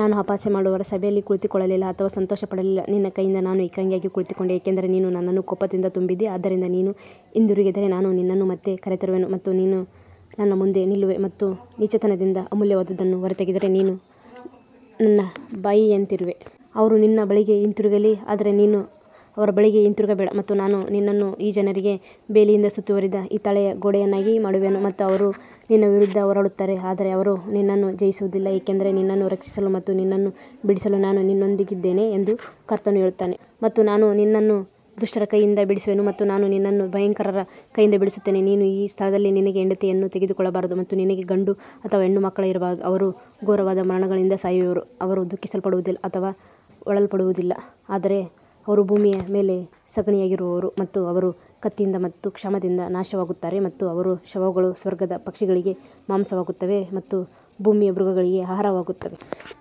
ನಾನು ಅಪಹಾಸ್ಯ ಮಾಡುವವರ ಸಭೆಯಲ್ಲಿ ಕುಳಿತುಕೊಳ್ಳಲಿಲ್ಲ ಅಥವಾ ಸಂತೋಷಪಡಲಿಲ್ಲ ನಿನ್ನ ಕೈಯಿಂದ ನಾನು ಏಕಾಂಗಿಯಾಗಿ ಕುಳಿತುಕೊಂಡೆ ಏಕೆಂದರೆ ನೀನು ನನ್ನನ್ನು ಕೋಪದಿಂದ ತುಂಬಿದ್ದೀ. ಆದದರಿಂದ ನೀನು ಹಿಂದಿರುಗಿದರೆ ನಾನು ನಿನ್ನನ್ನು ಮತ್ತೆ ಕರೆತರುವೆನು ಮತ್ತು ನೀನು ನನ್ನ ಮುಂದೆ ನಿಲ್ಲುವೆ ಮತ್ತು ನೀಚತನದಿಂದ ಅಮೂಲ್ಯವಾದದ್ದನ್ನು ಹೊರತೆಗೆದರೆ ನೀನು ನನ್ನ ಬಾಯಿಯಂತಿರುವೆ. ಅವರು ನಿನ್ನ ಬಳಿಗೆ ಹಿಂತಿರುಗಲಿ ಆದರೆ ನೀನು ಅವರ ಬಳಿಗೆ ಹಿಂತಿರುಗಬೇಡ. ಮತ್ತು ನಾನು ನಿನ್ನನ್ನು ಈ ಜನರಿಗೆ ಬೇಲಿಯಿಂದ ಸುತ್ತುವರಿದ ಹಿತ್ತಾಳೆಯ ಗೋಡೆಯನ್ನಾಗಿ ಮಾಡುವೆನು ಮತ್ತು ಅವರು ನಿನ್ನ ವಿರುದ್ಧ ಹೋರಾಡುತ್ತಾರೆ ಆದರೆ ಅವರು ನಿನ್ನನ್ನು ಜಯಿಸುವುದಿಲ್ಲ ಏಕೆಂದರೆ ನಿನ್ನನ್ನು ರಕ್ಷಿಸಲು ಮತ್ತು ನಿನ್ನನ್ನು ಬಿಡಿಸಲು ನಾನು ನಿನ್ನೊಂದಿಗಿದ್ದೇನೆ ಎಂದು ಕರ್ತನು ಹೇಳುತ್ತಾನೆ. ಮತ್ತು ನಾನು ನಿನ್ನನ್ನು ದುಷ್ಟರ ಕೈಯಿಂದ ಬಿಡಿಸುವೆನು ಮತ್ತು ನಾನು ನಿನ್ನನ್ನು ಭಯಂಕರರ ಕೈಯಿಂದ ಬಿಡಿಸುತ್ತೇನೆ. ನೀನು ಈ ಸ್ಥಳದಲ್ಲಿ ನಿನಗೆ ಹೆಂಡತಿಯನ್ನು ತೆಗೆದುಕೊಳ್ಳಬಾರದು ಮತ್ತು ನಿನಗೆ ಗಂಡು ಅಥವಾ ಹೆಣ್ಣು ಮಕ್ಕಳು ಇರಬಾರದು. ಅವರು ಘೋರವಾದ ಮರಣಗಳಿಂದ ಸಾಯುವರು ಅವರು ದುಃಖಿಸಲ್ಪಡುವುದಿಲ್ಲ ಅಥವಾ ಹೂಳಲ್ಪಡುವುದಿಲ್ಲ ಆದರೆ ಅವರು ಭೂಮಿಯ ಮೇಲೆ ಸಗಣಿಯಾಗಿರುವರು ಮತ್ತು ಅವರು ಕತ್ತಿಯಿಂದ ಮತ್ತು ಕ್ಷಾಮದಿಂದ ನಾಶವಾಗುತ್ತಾರೆ ಮತ್ತು ಅವರ ಶವಗಳು ಸ್ವರ್ಗದ ಪಕ್ಷಿಗಳಿಗೆ ಮಾಂಸವಾಗುತ್ತವೆ ಮತ್ತು ಭೂಮಿಯ ಮೃಗಗಳಿಗೆ ಆಹಾರವಾಗುತ್ತವೆ.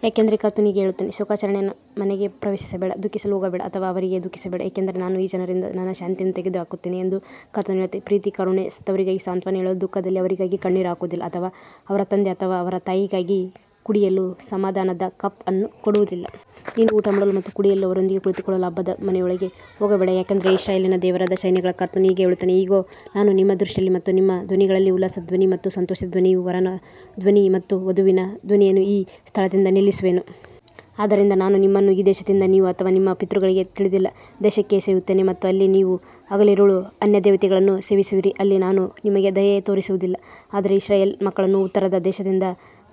ಯಾಕಂದರೆ ಕರ್ತನು ಹೀಗೆ ಹೇಳುತ್ತಾನೆ ಶೋಕಾಚರಣೆಯ ಮನೆಗೆ ಪ್ರವೇಶಿಸಬೇಡ ದುಃಖಿಸಲು ಹೋಗಬೇಡ ಅಥವಾ ಅವರಿಗೆ ದುಃಖಿಸಬೇಡ ಏಕೆಂದರೆ ನಾನು ಈ ಜನರಿಂದ ನನ್ನ ಶಾಂತಿಯನ್ನು ತೆಗೆದುಹಾಕಿದ್ದೇನೆ ಎಂದು ಕರ್ತನು ಹೇಳುತ್ತಾನೆ ಪ್ರೀತಿ ಮತ್ತು ಕರುಣೆ ಸತ್ತವರಿಗಾಗಿ ಸಾಂತ್ವನ ಹೇಳಲು ದುಃಖದಲ್ಲಿ ಅವರಿಗಾಗಿ ಕಣ್ಣೀರು ಹಾಕುವುದಿಲ್ಲ ಅಥವಾ ಅವರ ತಂದೆ ಅಥವಾ ಅವರ ತಾಯಿಗಾಗಿ ಕುಡಿಯಲು ಸಮಾಧಾನದ ಕಪ್ ಅನ್ನು ಕೊಡುವುದಿಲ್ಲ. ನೀನು ಊಟಮಾಡಲು ಮತ್ತು ಕುಡಿಯಲು ಅವರೊಂದಿಗೆ ಕುಳಿತುಕೊಳ್ಳಲು ಹಬ್ಬದ ಮನೆಯೊಳಗೆ ಹೋಗಬೇಡ ಯಾಕಂದರೆ ಇಸ್ರಾಯೇಲಿನ ದೇವರಾದ ಸೈನ್ಯಗಳ ಕರ್ತನು ಹೀಗೆ ಹೇಳುತ್ತಾನೆ ಇಗೋ ನಾನು ನಿಮ್ಮ ದೃಷ್ಟಿಯಲ್ಲಿ ಮತ್ತು ನಿಮ್ಮ ದಿನಗಳಲ್ಲಿ ಉಲ್ಲಾಸದ ಧ್ವನಿ ಮತ್ತು ಸಂತೋಷದ ಧ್ವನಿಯು ವರನ ಧ್ವನಿ ಮತ್ತು ವಧುವಿನ ಧ್ವನಿಯನ್ನು ಈ ಸ್ಥಳದಿಂದ ನಿಲ್ಲಿಸುವೆನು. ಆದದರಿಂದ ನಾನು ನಿಮ್ಮನ್ನು ಈ ದೇಶದಿಂದ ನೀವು ಅಥವಾ ನಿಮ್ಮ ಪಿತೃಗಳಿಗೆ ತಿಳಿದಿಲ್ಲದ ದೇಶಕ್ಕೆ ಎಸೆಯುತ್ತೇನೆ ಮತ್ತು ಅಲ್ಲಿ ನೀವು ಹಗಲಿರುಳು ಅನ್ಯದೇವತೆಗಳನ್ನು ಸೇವಿಸುವಿರಿ ಅಲ್ಲಿ ನಾನು ನಿಮಗೆ ದಯೆ ತೋರಿಸುವುದಿಲ್ಲ. ಆದರೆ ಇಸ್ರಾಯೇಲ್ ಮಕ್ಕಳನ್ನು ಉತ್ತರದ ದೇಶದಿಂದ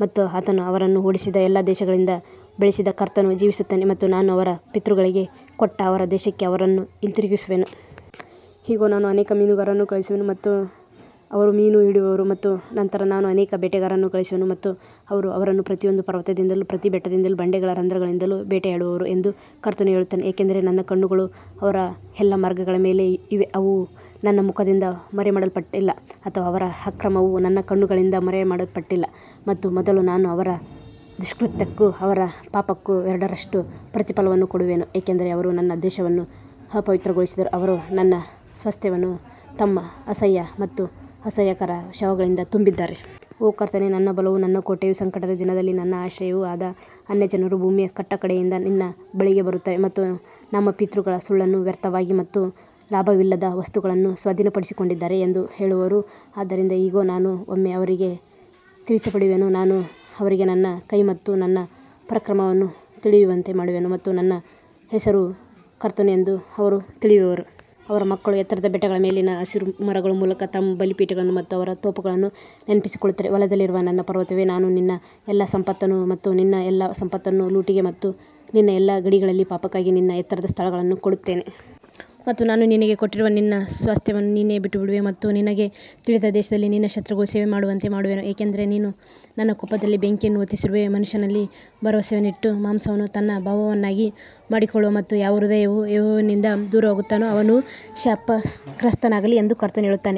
ಮತ್ತು ಆತನು ಅವರನ್ನು ಓಡಿಸಿದ ಎಲ್ಲಾ ದೇಶಗಳಿಂದ ಬೆಳೆಸಿದ ಕರ್ತನು ಜೀವಿಸುತ್ತಾನೆ ಮತ್ತು ನಾನು ಅವರ ಪಿತೃಗಳಿಗೆ ಕೊಟ್ಟ ಅವರ ದೇಶಕ್ಕೆ ಅವರನ್ನು ಹಿಂತಿರುಗಿಸುವೆನು. ಇಗೋ ನಾನು ಅನೇಕ ಮೀನುಗಾರರನ್ನು ಕಳುಹಿಸುವೆನು ಮತ್ತು ಅವರು ಮೀನು ಹಿಡಿಯುವರು ಮತ್ತು ನಂತರ ನಾನು ಅನೇಕ ಬೇಟೆಗಾರರನ್ನು ಕಳುಹಿಸುವೆನು ಮತ್ತು ಅವರು ಅವರನ್ನು ಪ್ರತಿಯೊಂದು ಪರ್ವತದಿಂದಲೂ ಪ್ರತಿ ಬೆಟ್ಟದಿಂದಲೂ ಬಂಡೆಗಳ ರಂಧ್ರಗಳಿಂದಲೂ ಬೇಟೆಯಾಡುವರು ಎಂದು ಕರ್ತನು ಹೇಳುತ್ತಾನೆ. ಯಾಕಂದರೆ ನನ್ನ ಕಣ್ಣುಗಳು ಅವರ ಎಲ್ಲಾ ಮಾರ್ಗಗಳ ಮೇಲೆ ಇವೆ ಅವು ನನ್ನ ಮುಖದಿಂದ ಮರೆಮಾಡಲ್ಪಟ್ಟಿಲ್ಲ ಅಥವಾ ಅವರ ಅಕ್ರಮವು ನನ್ನ ಕಣ್ಣುಗಳಿಂದ ಮರೆಮಾಡಲ್ಪಟ್ಟಿಲ್ಲ ಮತ್ತು ಮೊದಲು ನಾನು ಅವರ ದುಷ್ಕೃತ್ಯಕ್ಕೂ ಅವರ ಪಾಪಕ್ಕೂ ಎರಡರಷ್ಟು ಪ್ರತಿಫಲವನ್ನು ಕೊಡುವೆನು ಏಕೆಂದರೆ ಅವರು ನನ್ನ ದೇಶವನ್ನು ಅಪವಿತ್ರಗೊಳಿಸಿದರು ಅವರು ನನ್ನ ಸ್ವಾಸ್ತ್ಯವನ್ನು ತಮ್ಮ ಅಸಹ್ಯ ಮತ್ತು ಅಸಹ್ಯಕರ ಶವಗಳಿಂದ ತುಂಬಿದ್ದಾರೆ. ಓ ಕರ್ತನೇ ನನ್ನ ಬಲವೂ ನನ್ನ ಕೋಟೆಯೂ ಸಂಕಟದ ದಿನದಲ್ಲಿ ನನ್ನ ಆಶ್ರಯವೂ ಆದ ಅನ್ಯಜನರು ಭೂಮಿಯ ಕಟ್ಟಕಡೆಯಿಂದ ನಿನ್ನ ಬಳಿಗೆ ಬರುತ್ತಾರೆ ಮತ್ತು ನಮ್ಮ ಪಿತೃಗಳು ಸುಳ್ಳನ್ನು ವ್ಯರ್ಥವಾಗಿ ಮತ್ತು ಲಾಭವಿಲ್ಲದ ವಸ್ತುಗಳನ್ನು ಸ್ವಾಧೀನಪಡಿಸಿಕೊಂಡಿದ್ದಾರೆ ಎಂದು ಹೇಳುವರು. ಆದದರಿಂದ ಇಗೋ ನಾನು ಒಮ್ಮೆ ಅವರಿಗೆ ತಿಳಿಯಪಡಿಸುವೆನು ನಾನು ಅವರಿಗೆ ನನ್ನ ಕೈ ಮತ್ತು ನನ್ನ ಪರಾಕ್ರಮವನ್ನು ತಿಳಿಯುವಂತೆ ಮಾಡುವೆನು ಮತ್ತು ನನ್ನ ಹೆಸರು ಕರ್ತನು ಎಂದು ಅವರು ತಿಳಿಯುವರು. ಅವರ ಮಕ್ಕಳು ಎತ್ತರದ ಬೆಟ್ಟಗಳ ಮೇಲಿನ ಹಸಿರು ಮರಗಳ ಮೂಲಕ ತಮ್ಮ ಬಲಿಪೀಠಗಳನ್ನು ಮತ್ತು ಅವರ ತೋಪುಗಳನ್ನು ನೆನಪಿಸಿಕೊಳ್ಳುತ್ತಾರೆ. ಹೊಲದಲ್ಲಿರುವ ನನ್ನ ಪರ್ವತವೇ ನಾನು ನಿನ್ನ ಎಲ್ಲಾ ಸಂಪತ್ತನ್ನು ಮತ್ತು ನಿನ್ನ ಎಲ್ಲಾ ಸಂಪತ್ತನ್ನು ಲೂಟಿಗೆ ಮತ್ತು ನಿನ್ನ ಎಲ್ಲಾ ಗಡಿಗಳಲ್ಲಿ ಪಾಪಕ್ಕಾಗಿ ನಿನ್ನ ಎತ್ತರದ ಸ್ಥಳಗಳನ್ನು ಕೊಡುತ್ತೇನೆ. ಮತ್ತು ನಾನು ನಿನಗೆ ಕೊಟ್ಟಿರುವ ನಿನ್ನ ಸ್ವಾಸ್ತ್ಯವನ್ನು ನೀನೇ ಬಿಟ್ಟುಬಿಡುವೆ ಮತ್ತು ನಿನಗೆ ತಿಳಿಯದ ದೇಶದಲ್ಲಿ ನಿನ್ನ ಶತ್ರುಗಳ ಸೇವೆಮಾಡುವಂತೆ ಮಾಡುವೆನು ಏಕೆಂದರೆ ನೀನು ನನ್ನ ಕೋಪದಲ್ಲಿ ಬೆಂಕಿಯನ್ನು ಹೊತ್ತಿಸಿರುವೆ. ಮನುಷ್ಯನಲ್ಲಿ ಭರವಸವಿಟ್ಟು ಮಾಂಸವನ್ನು ತನ್ನ ಬಾಹುವನ್ನಾಗಿ ಮಾಡಿಕೊಳ್ಳುವ ಮತ್ತು ಯಾವ ಹೃದಯವು ಯೆಹೋವನಿಂದ ದೂರವಾಗುತ್ತಾನೋ ಅವನು ಶಾಪಗ್ರಸ್ತನಾಗಲಿ ಎಂದು ಕರ್ತನು ಹೇಳುತ್ತಾನೆ.